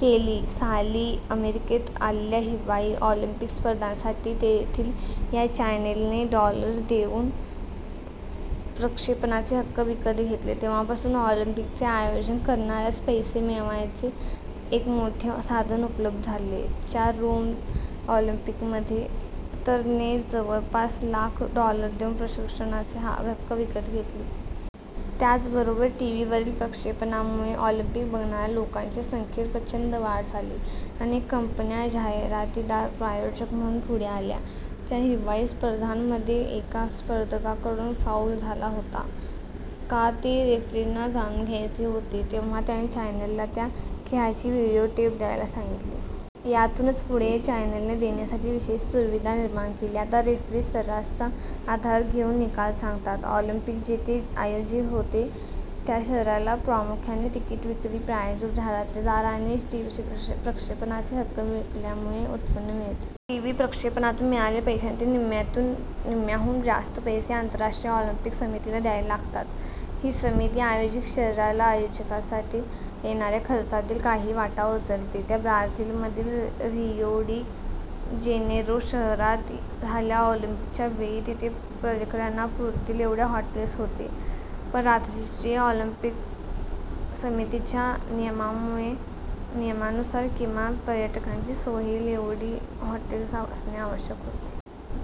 केली. साली अमेरिकेत झालेल्या हिवाळी ऑलिम्पिक स्पर्धांसाठी तेथील या चॅनलने डॉलर देऊन प्रक्षेपणाचे हक्क विकत घेतले. तेव्हापासून ऑलिम्पिकचे आयोजन करणाऱ्यास पैसे मिळवण्याचे एक मोठे साधन उपलब्ध झाले. च्या रोम ऑलिम्पिकमध्ये तर ने जवळपास लाख डॉलर देऊन प्रक्षेपणाचे हक्क विकत घेतले. त्याचबरोबर टीव्हीवरील प्रक्षेपणामुळे ऑलिम्पिक बघणाऱ्या लोकांच्या संख्येत प्रचंड वाढ झाली. अनेक कंपन्या जाहिरातदार/प्रायोजक म्हणून पुढे आल्या. च्या हिवाळी स्पर्धांमध्ये एका स्पर्धकाकडून फाऊल झाला होता का, ते रेफ्रींना जाणून घ्यायचे होते. तेव्हा त्यांनी चॅनलला त्या खेळाची व्हिडिओ टेप द्यायला सांगितली. यातूनच पुढे या चॅनलने देण्यासाठी विशेष सुविधा निर्माण केली. आता रेफ्री सर्रास चा आधार घेऊन निकाल सांगतात. ऑलिम्पिक जिथे आयोजित होते त्या शहराला प्रामुख्याने तिकीट विक्री, प्रायोजक, जाहिरातदार आणि टीव्ही प्रक्षेपणाचे हक्क विकल्यामुळे उत्पन्न मिळते. टीव्ही प्रक्षेपणातून मिळालेल्या पैशांतील निम्म्याहून जास्त पैसे आंतरराष्ट्रीय ऑलिम्पिक समितीला द्यायला लागतात. ही समिती, आयोजक शहराला आयोजनासाठी येणाऱ्या खर्चातील काही वाटा उचलते. च्या ब्राझीलमधील रियो डी जेनेरो शहरात झालेल्या ऑलिम्पिकच्या वेळी तिथे पर्यटकांना पुरतील एवढी हॉटेल्स होती, पण आंतरराष्ट्रीय ऑलिम्पिक समितीच्या नियमानुसार किमान पर्यटकांची सोय होईल एवढी हॉटेल्स असणे आवश्यक होते.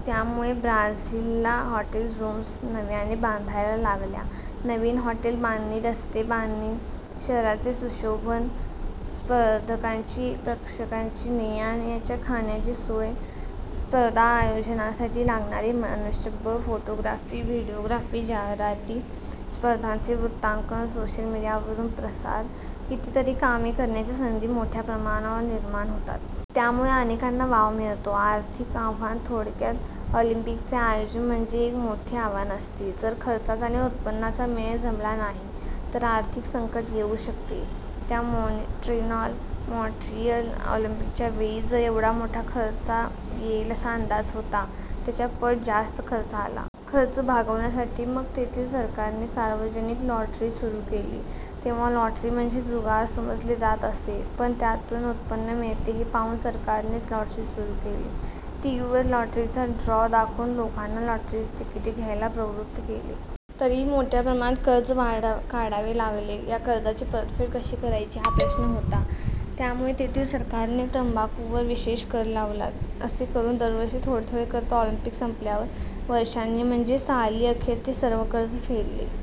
त्यामुळे ब्राझीलला हॉटेल रूम्स नव्याने बांधायला लागल्या. नवीन हॉटेल बांधणी, रस्ते बांधणी, शहराचे सुशोभन, स्पर्धकांची, प्रेक्षकांची ने-आण, त्यांच्या खाण्याची सोय, स्पर्धा आयोजनासाठी लागणारे मनुष्यबळ, फोटोग्राफी, व्हिडिओग्राफी, जाहिराती, स्पर्धांचे वृत्तांकन, सोशल मीडियावरून प्रसार... कितीतरी कामे करण्याच्या संधी मोठ्या प्रमाणावर निर्माण होतात. त्यामुळे अनेकांना वाव मिळतो. आर्थिक आव्हान थोडक्यात, ऑलिम्पिकचे आयोजन म्हणजे एक मोठे आव्हान असते. जर खर्चाचा आणि उत्पन्नाचा मेळ जमला नाही तर आर्थिक संकट येऊ शकते. च्या मॉन्ट्रियल ऑलिम्पिकच्या वेळी तर जेवढा खर्च येईल असा अंदाज होता, त्याच्या पट जास्त खर्च आला. खर्च भागवण्यासाठी मग तेथील सरकारने सार्वजनिक लॉटरी सुरू केली. तेव्हा लॉटरी म्हणजे जुगार समजले जात असे, पण त्यातून उत्पन्न मिळते हे पाहून सरकारनेच लॉटरी सुरू केली. टीव्हीवर लॉटरीचा ड्रॉ दाखवून लोकांना लॉटरीची तिकिटे घ्यायला प्रवृत्त केले. तरीही मोठ्या प्रमाणात कर्ज काढावे लागले. या कर्जाची परतफेड कशी करायची हा प्रश्न होता. त्यामुळे तेथील सरकारने तंबाखूवर विशेष कर लावला. असे करून दर वर्षी थोडे-थोडे करत ऑलिम्पिक संपल्यावर वर्षांनी म्हणजे साली अखेर ते सर्व कर्ज फेडले.